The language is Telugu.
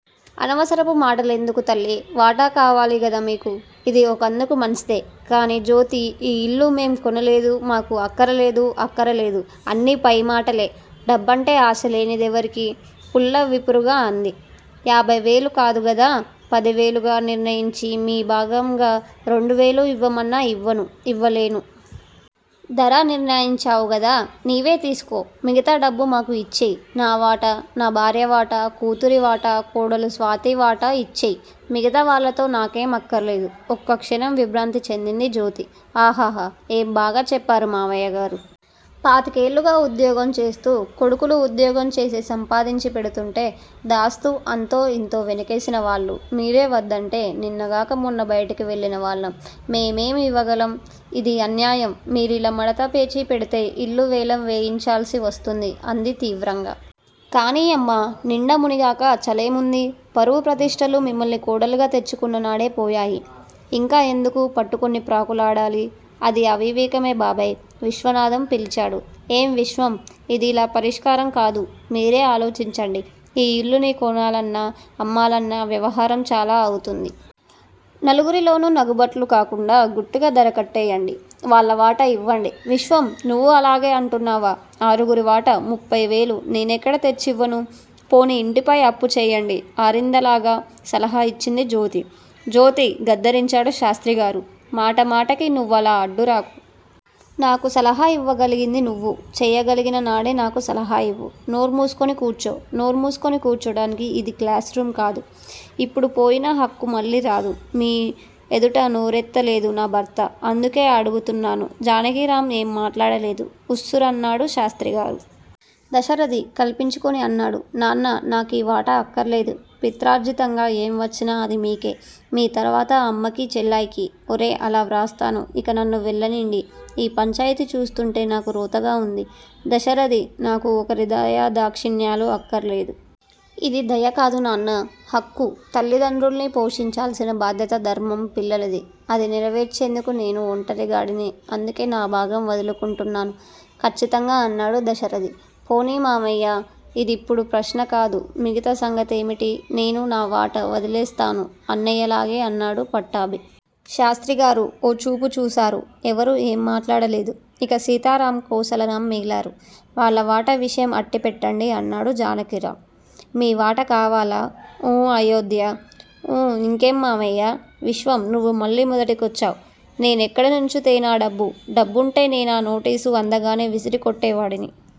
అనవసరపు మాటలెందుకు తల్లి! వాటా కావాలి గదా మీకు. ఇదీ ఒకందుకు మంచిదే! కానీ జ్యోతీ ఈ ఇల్లు మేం కొనలేదు మాకు అక్కరలేదు అక్కరలేదు! అన్నీ పై మాటలే. డబ్బంటే ఆశ లేనిదెవరికి? పుల్ల విరుపుగా అంది. యాభయివేలు కాదుగదా, పదివేలుగా నిర్ణయించి మీ భాగంగా రెండువేలు ఇవ్వమన్నా ఇవ్వను, ఇవ్వలేను. ధర నిర్ణయించావు కదా నీవే తీసుకో. మిగతా డబ్బు మాకు యిచ్చెయ్. నా వాటా నా భార్య వాటా, కూతురి వాటా, కోడలు స్వాతి వాటా యిచ్చెయ్. మిగతా వాళ్ళతో నాకేం అక్కర్లేదు. ఒక్కక్షణం విభ్రాంతి చెందింది జ్యోతి. అహహ! ఏం బాగా చెప్పారు మామయ్యగారూ! పాతికేళ్ళుగా ఉద్యోగం చేస్తూ, కొడుకులు ఉద్యోగం చేసి సంపాదించి పెడుతుంటే, దాస్తూ అంతో ఇంతో వెనకేసిన వాళ్ళు మీరే వద్దంటే నిన్నగాక, మొన్న బయటికెళ్ళిన వాళ్ళం మేమేం యివ్వగలం? ఇది అన్యాయం_ మీరిలా మడత పేచీ పెడితే ఇల్లు వేలం వేయించాల్సి వస్తుంది అంది తీవ్రంగా. కానీయమ్మా! నిండా మునిగాక చలేముంది. పరువు ప్రతిష్టలు మిమ్మల్ని కోడళ్లుగా తెచ్చుకున్ననాడే పోయాయి. ఇంకా ఎందుకు పట్టుకుని ప్రాకులాడాలి? అది అవివేకమే బాబాయ్! విశ్వనాధం పిలిచాడు. ఏం విశ్వం? ఇదిలా పరిష్కారం కాదు. మీరే ఆలోచించండి. ఈ ఇల్లుని కొనాలన్నా, అమ్మాలన్నా వ్యవహారం చాలా అవుతుంది. నలుగురిలోనూ నగుబాట్లు కాకుండా గుట్టుగా ధర కట్టేయ్యండి, వాళ్ళ వాటా యివ్వండి. విశ్వం నువ్వు అలాగే అంటున్నావా? ఆరుగురి వాటా ముప్పయివేలు నేనెక్కడ తెచ్చివ్వను? పోనీ ఇంటిపై అప్పు చేయండి ఆరిందాలాగా సలహా యిచ్చింది జ్యోతి. జ్యోతీ! గద్దించారు శాస్త్రిగారు. మాట మాటకీ నువ్వలా అడ్డురాకు. నాకు సలహా ఇవ్వగలిగింది నువ్వు చెయ్యగలిగిన నాడే నాకు సలహా యివ్వు. నోర్మూసుకుని కూర్చో. నోర్మూసుకుని కూర్చోటానికి ఇది క్లాస్ రూంకాదు. ఇప్పుడు పోయిన హక్కు మళ్ళీ రాదు. మీ ఎదుట నోరెత్తలేదు నా భర్త. అందుకే అడుగుతున్నాను. జానకిరాం ఏం మాట్లాడలేదు. ఉస్సురన్నాడు శాస్త్రిగారు. దాశరధి కల్పించుకుని అన్నాడు. నాన్నా! నాకీ వాటా అక్కర్లేదు. పిత్రార్జితంగా ఏం వచ్చినా అది మీకే! మీ తర్వాత అమ్మకి చెల్లాయికి. ఒరే అలా వ్రాస్తాను. ఇక నన్ను వెళ్ళనీండి. ఈ పంచాయితీ చూస్తుంటే నాకు రోతగా వుంది. దశరధి, నాకు ఒకరి దయా దాక్షిణ్యాలు అక్కర్లేదు. ఇది దయ కాదు నాన్నా! హక్కు. తల్లి దండ్రుల్ని పోషించాల్సిన బాధ్యత ధర్మం పిల్లలది. అది నెరవేర్చేందుకు నేను ఒంటరిగాడిని అందుకే నా భాగం వదులుకుంటున్నాను ఖచ్చితంగా అన్నాడు దశరధి. పోనీ మామయ్యా! ఇదిప్పుడు ప్రశ్నకాదు మిగతా సంగతేమిటి? నేనూ, నా వాటా వదిలేస్తాను అన్నయ్యలాగే అన్నాడు పట్టాభి. శాస్త్రిగారు ఓ చూపు చూశారు. ఎవరూ ఏం మాట్లాడలేదు. ఇక సీతారాం, కోసలరాం మిగిలారు. వాళ్ళ వాటా విషయం అట్టిపెట్టండి! అన్నాడు జానకిరాం. మీ వాటా కావాలా? ఊఁ అయోధ్యా! ఊఁ ఇంకేం మామయ్యా? విశ్వం నువ్వు మళ్ళీ మొదటికొచ్చావు? నేనెక్కడి నుంచి తేనాడబ్బు? డబ్బుంటే నేనా నోటీసు అందగానే విసిరి కొట్టేవాడిని.